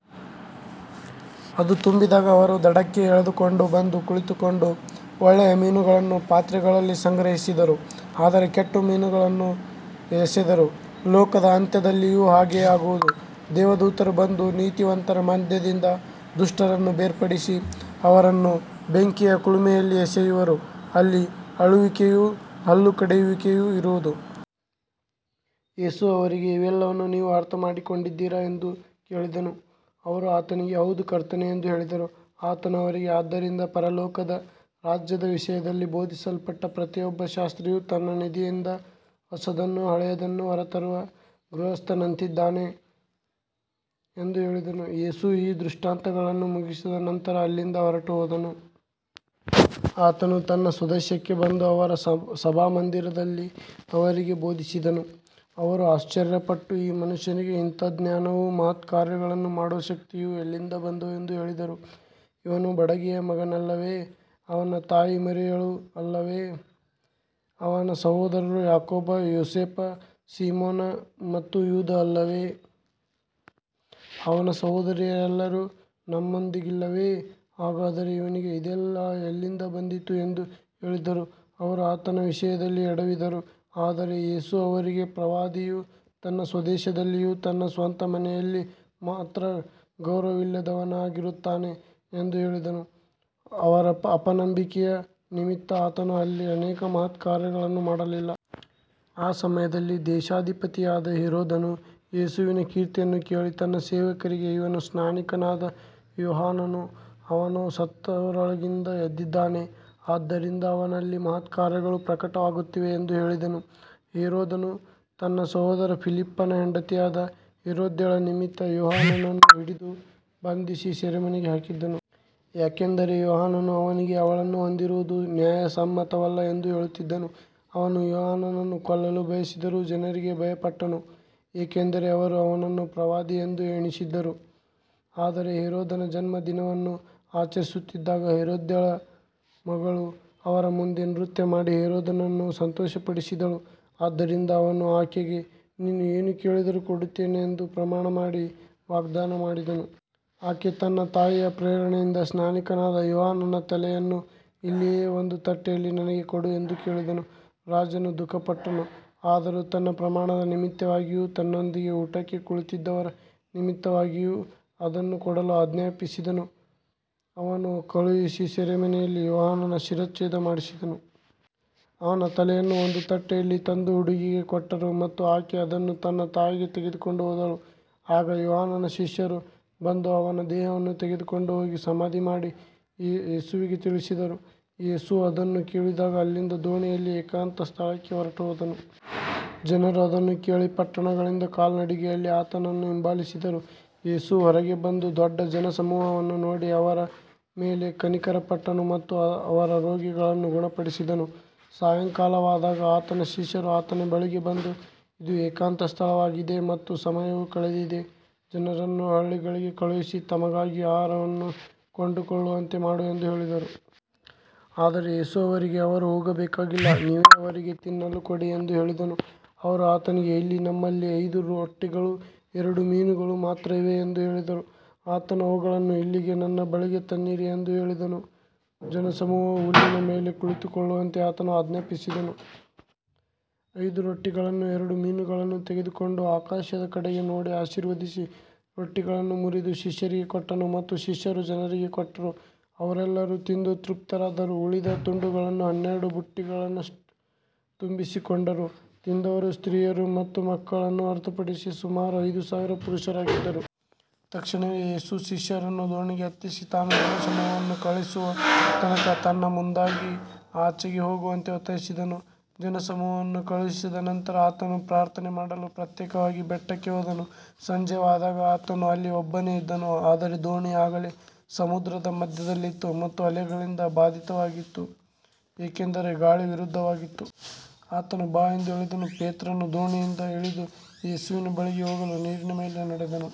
ಅದು ತುಂಬಿದಾಗ ಅವರು ದಡಕ್ಕೆ ಎಳೆದುಕೊಂಡು ಬಂದು ಕುಳಿತುಕೊಂಡು ಒಳ್ಳೆಯ ಮೀನುಗಳನ್ನು ಪಾತ್ರೆಗಳಲ್ಲಿ ಸಂಗ್ರಹಿಸಿದರು, ಆದರೆ ಕೆಟ್ಟ ಮೀನುಗಳನ್ನು ಎಸೆದರು. ಲೋಕದ ಅಂತ್ಯದಲ್ಲಿಯೂ ಹಾಗೆಯೇ ಆಗುವುದು. ದೇವದೂತರು ಬಂದು ನೀತಿವಂತರ ಮಧ್ಯದಿಂದ ದುಷ್ಟರನ್ನು ಬೇರ್ಪಡಿಸಿ, ಅವರನ್ನು ಬೆಂಕಿಯ ಕುಲುಮೆಯಲ್ಲಿ ಎಸೆಯುವರು. ಅಲ್ಲಿ ಅಳುವಿಕೆಯೂ ಹಲ್ಲುಕಡಿಯುವಿಕೆಯೂ ಇರುವುದು. ಯೇಸು ಅವರಿಗೆ, ಇವೆಲ್ಲವನ್ನೂ ನೀವು ಅರ್ಥಮಾಡಿಕೊಂಡಿದ್ದೀರಾ ಎಂದು ಕೇಳಿದನು. ಅವರು ಆತನಿಗೆ, ಹೌದು, ಕರ್ತನೇ ಎಂದು ಹೇಳಿದರು. ಆತನು ಅವರಿಗೆ, ಆದ್ದರಿಂದ ಪರಲೋಕದ ರಾಜ್ಯದ ವಿಷಯದಲ್ಲಿ ಬೋಧಿಸಲ್ಪಟ್ಟ ಪ್ರತಿಯೊಬ್ಬ ಶಾಸ್ತ್ರಿಯೂ ತನ್ನ ನಿಧಿಯಿಂದ ಹೊಸದನ್ನೂ ಹಳೆಯದನ್ನೂ ಹೊರತರುವ ಗೃಹಸ್ಥನಂತಿದ್ದಾನೆ ಎಂದು ಹೇಳಿದನು. ಯೇಸು ಈ ದೃಷ್ಟಾಂತಗಳನ್ನು ಮುಗಿಸಿದ ನಂತರ ಅಲ್ಲಿಂದ ಹೊರಟುಹೋದನು. ಆತನು ತನ್ನ ಸ್ವದೇಶಕ್ಕೆ ಬಂದು ಅವರ ಸಭಾಮಂದಿರದಲ್ಲಿ ಅವರಿಗೆ ಬೋಧಿಸಿದನು. ಅವರು ಆಶ್ಚರ್ಯಪಟ್ಟು, ಈ ಮನುಷ್ಯನಿಗೆ ಇಂಥ ಜ್ಞಾನವೂ ಮಹತ್ಕಾರ್ಯಗಳನ್ನು ಮಾಡುವ ಶಕ್ತಿಯೂ ಎಲ್ಲಿಂದ ಬಂದವು ಎಂದು ಹೇಳಿದರು. ಇವನು ಬಡಗಿಯ ಮಗನಲ್ಲವೇ? ಅವನ ತಾಯಿ ಮರಿಯಳು ಅಲ್ಲವೇ? ಅವನ ಸಹೋದರರು ಯಾಕೋಬ, ಯೋಸೇಫ, ಸೀಮೋನ ಮತ್ತು ಯೂದ ಅಲ್ಲವೇ? ಅವನ ಸಹೋದರಿಯರೆಲ್ಲರೂ ನಮ್ಮೊಂದಿಗಿಲ್ಲವೇ? ಹಾಗಾದರೆ ಇವನಿಗೆ ಇದೆಲ್ಲ ಎಲ್ಲಿಂದ ಬಂದಿತು ಎಂದು ಹೇಳಿದರು. ಅವರು ಆತನ ವಿಷಯದಲ್ಲಿ ಎಡವಿದರು. ಆದರೆ ಯೇಸು ಅವರಿಗೆ, ಪ್ರವಾದಿಯು ತನ್ನ ಸ್ವದೇಶದಲ್ಲಿಯೂ ತನ್ನ ಸ್ವಂತ ಮನೆಯಲ್ಲಿ ಮಾತ್ರ ಗೌರವವಿಲ್ಲದವನಾಗಿರುತ್ತಾನೆ ಎಂದು ಹೇಳಿದನು. ಅವರ ಅಪನಂಬಿಕೆಯ ನಿಮಿತ್ತ ಆತನು ಅಲ್ಲಿ ಅನೇಕ ಮಹತ್ಕಾರ್ಯಗಳನ್ನು ಮಾಡಲಿಲ್ಲ. ಆ ಸಮಯದಲ್ಲಿ ದೇಶಾಧಿಪತಿಯಾದ ಹೆರೋದನು ಯೇಸುವಿನ ಕೀರ್ತಿಯನ್ನು ಕೇಳಿ ತನ್ನ ಸೇವಕರಿಗೆ, ಇವನು ಸ್ನಾನಿಕನಾದ ಯೋಹಾನನು, ಅವನು ಸತ್ತವರೊಳಗಿಂದ ಎದ್ದಿದ್ದಾನೆ. ಆದ್ದರಿಂದ ಅವನಲ್ಲಿ ಮಹತ್ಕಾರ್ಯಗಳು ಪ್ರಕಟವಾಗುತ್ತಿವೆ ಎಂದು ಹೇಳಿದನು. ಹೆರೋದನು ತನ್ನ ಸಹೋದರ ಫಿಲಿಪ್ಪನ ಹೆಂಡತಿಯಾದ ಹೆರೋದ್ಯಳ ನಿಮಿತ್ತ ಯೋಹಾನನನ್ನು ಹಿಡಿದು ಬಂಧಿಸಿ ಸೆರೆಮನೆಗೆ ಹಾಕಿದ್ದನು. ಯಾಕಂದರೆ ಯೋಹಾನನು ಅವನಿಗೆ, ಅವಳನ್ನು ಹೊಂದಿರುವುದು ನ್ಯಾಯಸಮ್ಮತವಲ್ಲ ಎಂದು ಹೇಳುತ್ತಿದ್ದನು. ಅವನು ಯೋಹಾನನನ್ನು ಕೊಲ್ಲಲು ಬಯಸಿದರೂ ಜನರಿಗೆ ಭಯಪಟ್ಟನು, ಏಕೆಂದರೆ ಅವರು ಅವನನ್ನು ಪ್ರವಾದಿಯೆಂದು ಎಣಿಸಿದ್ದರು. ಆದರೆ ಹೆರೋದನ ಜನ್ಮದಿನವನ್ನು ಆಚರಿಸುತ್ತಿದ್ದಾಗ ಹೆರೋದ್ಯಳ ಮಗಳು ಅವರ ಮುಂದೆ ನೃತ್ಯಮಾಡಿ ಹೆರೋದನನ್ನು ಸಂತೋಷಪಡಿಸಿದಳು. ಆದ್ದರಿಂದ ಅವನು ಆಕೆಗೆ, ನೀನು ಏನು ಕೇಳಿದರೂ ಕೊಡುತ್ತೇನೆ ಎಂದು ಪ್ರಮಾಣಮಾಡಿ ವಾಗ್ದಾನ ಮಾಡಿದನು. ಆಕೆ ತನ್ನ ತಾಯಿಯ ಪ್ರೇರಣೆಯಿಂದ, ಸ್ನಾನಿಕನಾದ ಯೋಹಾನನ ತಲೆಯನ್ನು ಇಲ್ಲಿಯೇ ಒಂದು ತಟ್ಟೆಯಲ್ಲಿ ನನಗೆ ಕೊಡು ಎಂದು ಕೇಳಿದಳು. ರಾಜನು ದುಃಖಪಟ್ಟನು. ಆದರೂ ತನ್ನ ಪ್ರಮಾಣದ ನಿಮಿತ್ತವಾಗಿಯೂ ತನ್ನೊಂದಿಗೆ ಊಟಕ್ಕೆ ಕುಳಿತಿದ್ದವರ ನಿಮಿತ್ತವಾಗಿಯೂ ಅದನ್ನು ಕೊಡಲು ಆಜ್ಞಾಪಿಸಿದನು. ಅವನು ಕಳುಹಿಸಿ ಸೆರೆಮನೆಯಲ್ಲಿ ಯೋಹಾನನ ಶಿರಚ್ಛೇದ ಮಾಡಿಸಿದನು. ಅವನ ತಲೆಯನ್ನು ಒಂದು ತಟ್ಟೆಯಲ್ಲಿ ತಂದು ಹುಡುಗಿಗೆ ಕೊಟ್ಟರು ಮತ್ತು ಆಕೆ ಅದನ್ನು ತನ್ನ ತಾಯಿಗೆ ತೆಗೆದುಕೊಂಡು ಹೋದಳು. ಆಗ ಯೋಹಾನನ ಶಿಷ್ಯರು ಬಂದು ಅವನ ದೇಹವನ್ನು ತೆಗೆದುಕೊಂಡು ಹೋಗಿ ಸಮಾಧಿಮಾಡಿ, ಯೇಸುವಿಗೆ ತಿಳಿಸಿದರು. ಯೇಸು ಅದನ್ನು ಕೇಳಿದಾಗ ಅಲ್ಲಿಂದ ದೋಣಿಯಲ್ಲಿ ಏಕಾಂತ ಸ್ಥಳಕ್ಕೆ ಹೊರಟುಹೋದನು. ಜನರು ಅದನ್ನು ಕೇಳಿ ಪಟ್ಟಣಗಳಿಂದ ಕಾಲ್ನಡಿಗೆಯಲ್ಲಿ ಆತನನ್ನು ಹಿಂಬಾಲಿಸಿದರು. ಯೇಸು ಹೊರಗೆ ಬಂದು ದೊಡ್ಡ ಜನಸಮೂಹವನ್ನು ನೋಡಿ ಅವರ ಮೇಲೆ ಕನಿಕರಪಟ್ಟನು ಮತ್ತು ಅವರ ರೋಗಿಗಳನ್ನು ಗುಣಪಡಿಸಿದನು. ಸಾಯಂಕಾಲವಾದಾಗ ಆತನ ಶಿಷ್ಯರು ಆತನ ಬಳಿಗೆ ಬಂದು, ಇದು ಏಕಾಂತ ಸ್ಥಳವಾಗಿದೆ ಮತ್ತು ಸಮಯವೂ ಕಳೆದಿದೆ. ಜನರನ್ನು ಹಳ್ಳಿಗಳಿಗೆ ಕಳುಹಿಸಿ ತಮಗಾಗಿ ಆಹಾರವನ್ನು ಕೊಂಡುಕೊಳ್ಳುವಂತೆ ಮಾಡು ಎಂದು ಹೇಳಿದರು. ಆದರೆ ಯೇಸು ಅವರಿಗೆ, ಅವರು ಹೋಗಬೇಕಾಗಿಲ್ಲ, ನೀವೇ ಅವರಿಗೆ ತಿನ್ನಲು ಕೊಡಿ ಎಂದು ಹೇಳಿದನು. ಅವರು ಆತನಿಗೆ, ಇಲ್ಲಿ ನಮ್ಮಲ್ಲಿ ಐದು ರೊಟ್ಟಿಗಳೂ ಎರಡು ಮೀನುಗಳೂ ಮಾತ್ರ ಇವೆ ಎಂದು ಹೇಳಿದರು. ಆತನು, ಅವುಗಳನ್ನು ಇಲ್ಲಿಗೆ ನನ್ನ ಬಳಿಗೆ ತನ್ನಿರಿ ಎಂದು ಹೇಳಿದನು. ಜನಸಮೂಹವು ಹುಲ್ಲಿನ ಮೇಲೆ ಕುಳಿತುಕೊಳ್ಳುವಂತೆ ಆತನು ಆಜ್ಞಾಪಿಸಿದನು. ಐದು ರೊಟ್ಟಿಗಳನ್ನೂ ಎರಡು ಮೀನುಗಳನ್ನೂ ತೆಗೆದುಕೊಂಡು, ಆಕಾಶದ ಕಡೆಗೆ ನೋಡಿ ಆಶೀರ್ವದಿಸಿ, ರೊಟ್ಟಿಗಳನ್ನು ಮುರಿದು ಶಿಷ್ಯರಿಗೆ ಕೊಟ್ಟನು ಮತ್ತು ಶಿಷ್ಯರು ಜನರಿಗೆ ಕೊಟ್ಟರು. ಅವರೆಲ್ಲರೂ ತಿಂದು ತೃಪ್ತರಾದರು. ಉಳಿದ ತುಂಡುಗಳನ್ನು ಹನ್ನೆರಡು ಬುಟ್ಟಿಗಳಷ್ಟು ತುಂಬಿಸಿಕೊಂಡರು. ತಿಂದವರು ಸ್ತ್ರೀಯರು ಮತ್ತು ಮಕ್ಕಳನ್ನು ಹೊರತುಪಡಿಸಿ ಸುಮಾರು ಐದು ಸಾವಿರ ಪುರುಷರಾಗಿದ್ದರು. ತಕ್ಷಣವೇ ಯೇಸು ಶಿಷ್ಯರನ್ನು ದೋಣಿಗೆ ಹತ್ತಿಸಿ, ತಾನು ಜನಸಮೂಹವನ್ನು ಕಳುಹಿಸುವ ತನಕ ತನ್ನ ಮುಂದಾಗಿ ಆಚೆಗೆ ಹೋಗುವಂತೆ ಒತ್ತಾಯಿಸಿದನು. ಜನಸಮೂಹವನ್ನು ಕಳುಹಿಸಿದ ನಂತರ ಆತನು ಪ್ರಾರ್ಥನೆಮಾಡಲು ಪ್ರತ್ಯೇಕವಾಗಿ ಬೆಟ್ಟಕ್ಕೆ ಹೋದನು. ಸಂಜೆವಾದಾಗ ಆತನು ಅಲ್ಲಿ ಒಬ್ಬನೇ ಇದ್ದನು. ಆದರೆ ದೋಣಿ ಆಗಲೇ ಸಮುದ್ರದ ಮಧ್ಯದಲ್ಲಿತ್ತು ಮತ್ತು ಅಲೆಗಳಿಂದ ಬಾಧಿತವಾಗಿತ್ತು, ಏಕೆಂದರೆ ಗಾಳಿ ವಿರುದ್ಧವಾಗಿತ್ತು. ಆತನು, ಬಾ ಎಂದು ಹೇಳಿದನು. ಪೇತ್ರನು ದೋಣಿಯಿಂದ ಇಳಿದು ಯೇಸುವಿನ ಬಳಿಗೆ ಹೋಗಲು ನೀರಿನ ಮೇಲೆ ನಡೆದನು.